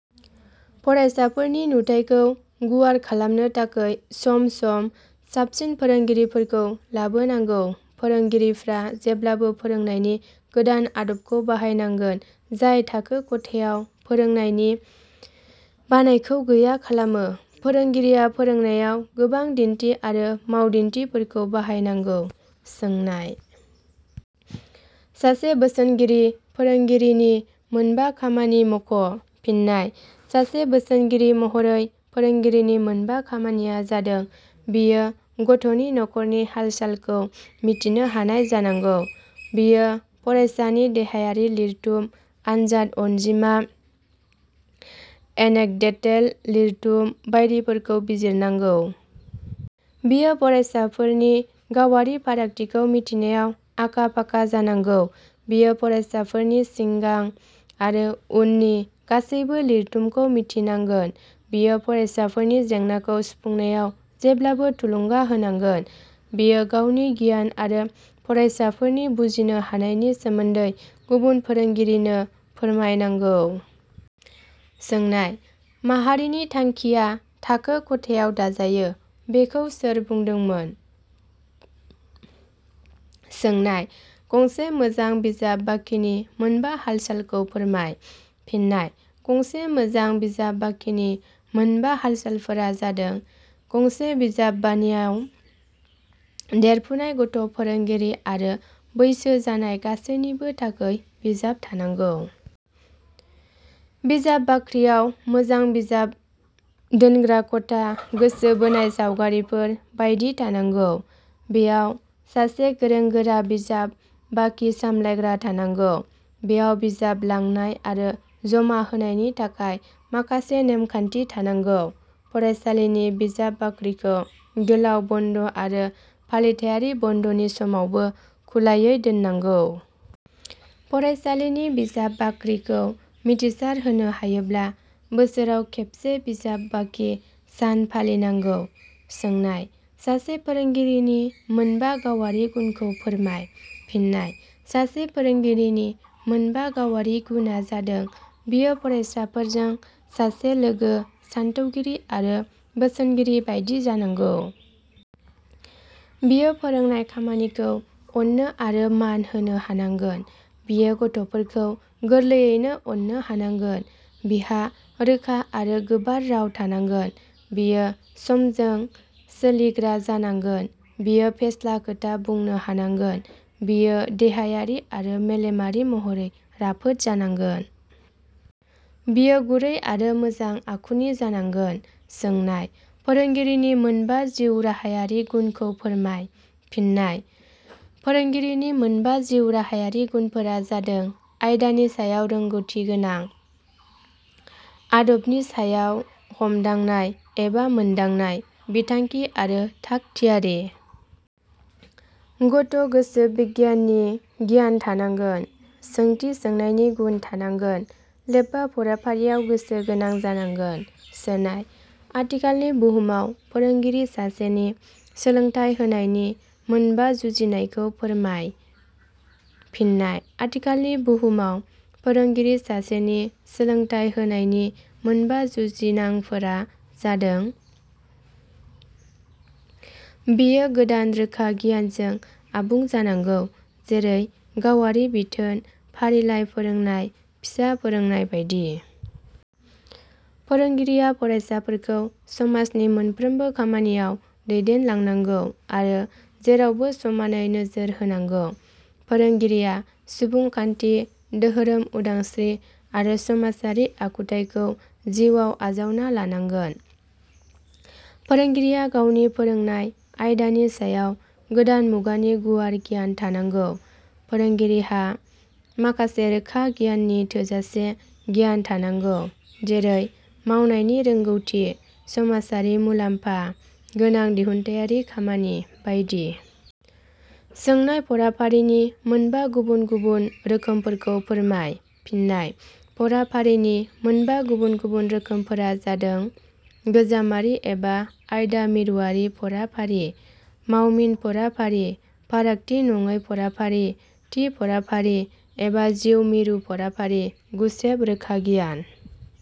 फरायसाफोरनि नुथायखौ गुवार खालामनो थाखै सम सम साबसिन फोरोंगिरिफोरखौ लाबोनांगौ। फोरोंगिरिफ्रा जेब्लाबो फोरोंनायनि गोदान आदबखौ बाहायनांगोन जाय थाखो ख'थायाव फोरोंनायनि बानायखौ गैया खालामो। फोरोंगिरिया फोरोंनायाव गोबां दिन्थि आरो मावदिन्थिफोरखौ बाहाय नांगौ। सोंनाय –. सासे बोसोनगिरि फोरोंगिरिनि मोनबा खामानि मख'। फिन्नाय: सासे बोसोनगिरि महरै फोरोंगिरिनि मोनबा खामानिया जादों बियो गथ 'नि न 'खरनि हालसालखौ मिथिनो हानाय जानांगौ। बियो फरायसानि देहायारि लिरथुम, आनजाद अनजिमा, एनेकदतेल लिरथुम बायदिफोरखौ बिजिरनांगौ। बियो फरायसाफोरनि गावारि फारागथिखौ मिथिनायाव आखा-फाखा जानांगौ। बियो फरायसाफोरनि सिंगां आरो उननि गासैबो लिरथुम खौ मिथिनांगोन। बियो फरायसाफोरनि जेंनाखौ सुफुंनायाव जेब्लाबो थुलुंगा होनांगोन। बियो गावनि गियान आरो फरायसाफोरनि बुजिनो हानायनि सोमोन्दै गुबुन फोरोंगिरिनो फोरमाय नांगौ। सोंनाय –." माहारिनि थांखिया थाखो ख 'थायाव दाजायो" बेखौ सोर बुंदोंमोन? सोंनाय –. गंसे मोजां बिजाब बाखिनि मोनबा हालसालखौ फोरमाय। फिन्नाय: गंसे मोजां बिजाब बाखिनि मोनबा हालसालफोरा जादों- गंसे बिजाब बानियाव देरफुनाय गथ' फोरोंगिरि आरो बैसो जानाय गासैनिबो थाखै बिजाब थानांगौ। बिजाब बाख्रियाव मोजां बिजाब दोनग्रा ख 'था, गोसो बोनाय सावगारिफोर बायदि थानांगौ। बेयाव सासे गोरों-गोरा बिजाब बाखि सामलायग्रा थानांगौ। बेयाव बिजाब लांनाय आरो जमा होनायनि थाखाय माखासे नेमखान्थि थानांगौ। फरायसालिनि बिजाब बाख्रिखौ गोलाव बन्द' आरो फालिथाइयारि बन्द 'नि समावबो खुलायै दोननांगौ। फरायसालिनि बिजाब बाख्रिखौ मिथिसार होना हायोब्ला – बोसोराव खेबसे बिजाब बाखि सान फालि नांगौ। सोंनाय-. सासे फोरोंगिरिनि मोनबा गावारि गुनखौ फोरमाय। फिन्नाय: सासे फोरोंगिरिनि मोनबा गावारि गुना जादों- बियो फरायसाफोरजों सासे लोगो, सानथौगिरि आरो बोसोनगिरि बादि जानांगौ। बियो फोरोंनाय खामानिखौ अननो आरो मान होनो हानांगोन। बियो गथ 'फोरखौ गोरलैयैनो अननो हानांगोन। बिहा रोखा आरो गोबार राव थानांगोन। बियो समजों सीलिग्रा जानांगोन। बियो फेस्ला खोथा बुंनो हानांगोन। बियो देहायारि आरो मेलेमारि महरै राफोद जानांगोन। बियो गुरै आरो मोजां आखुनि जानांगोन। सोंनाय –. फोरोंगिरिनि मोनबा जिउ राहायारि गुनखौ फोरमाय। फिन्नाय: फोरोंगिरिनि मोनबा जिउ राहायारि गुनफोरा जादों- आयदानि सायाव रोंगौथि गोनां। आदबनि सायाव हमदांनाय एबा मोनदांनाय। बिथांखि आरो थाख थियारि। गथ' गोसोबिगियाननि गियान थानांगोन। सौंथि सोंनायनि गुन थानांगोन। लोब्बा फराफारियाव गोसो गोनां जानांगौ। सोनाय-. आथिखालनि बुहुमाव फोरोंगिरि सासेनि सोलोंथाइ होनायनि मोनबा जुजिनायखौ फोरमाय। फिन्नाय: आथिखालनि बुहुमाव फोरोंगिरि सासेनि सोलोंथाइ होनायनि मोनबा जुजिनांनाफोरा जादों – बियो गोदान रोखा गियानजों आबुं जानांगौ जेरै- गावारि बिथोन, फारिलाइ फोरोंनाय, फिसा फोरोंनाय बायदि। फोरोंगिरिया फरायसाफोरखौ समाजनि मोनफ्रोमबो खामानियाव दैदेनलांनांगौ आरो जेरावबो समानै नोजोर होनांगौ। फोरोंगिरिया सुबुंखान्थि, धोरोम उदांस्त्रि आरो समाजारि आखुथाइखौ जिउआव आजावना लानांगोन। फोरोंगिरिया गावनि फोरोंनाय आयदानि सायाव गोदान मुगानि गुवार गियान थानांगौ। फोरोंगिरिहा माखासे रोखा गियाननि थोजासे गियान थानांगौ जेरै- मावनायनि रोंगौथि, समाजआरि मुलाम्फा गोनां दिहुनाथाइयारि खामानि बायदि। सोंनाय –. फाराफारिनि मोनबा गुबुन गुबुन रोखोमफोरखौ फोरमाय। फिन्नाय: फराफारिनि मोनबा गुबुन गुबुन रोखोमफोरा जादों- गोजामारि एबा आयदा मिरुवारि फराफारि। मावमिन फराफारि। फारागथि नङै फराफारि। थि फराफारि एबा जिउ मिरु फराफारि। गुसेब रोखागियान।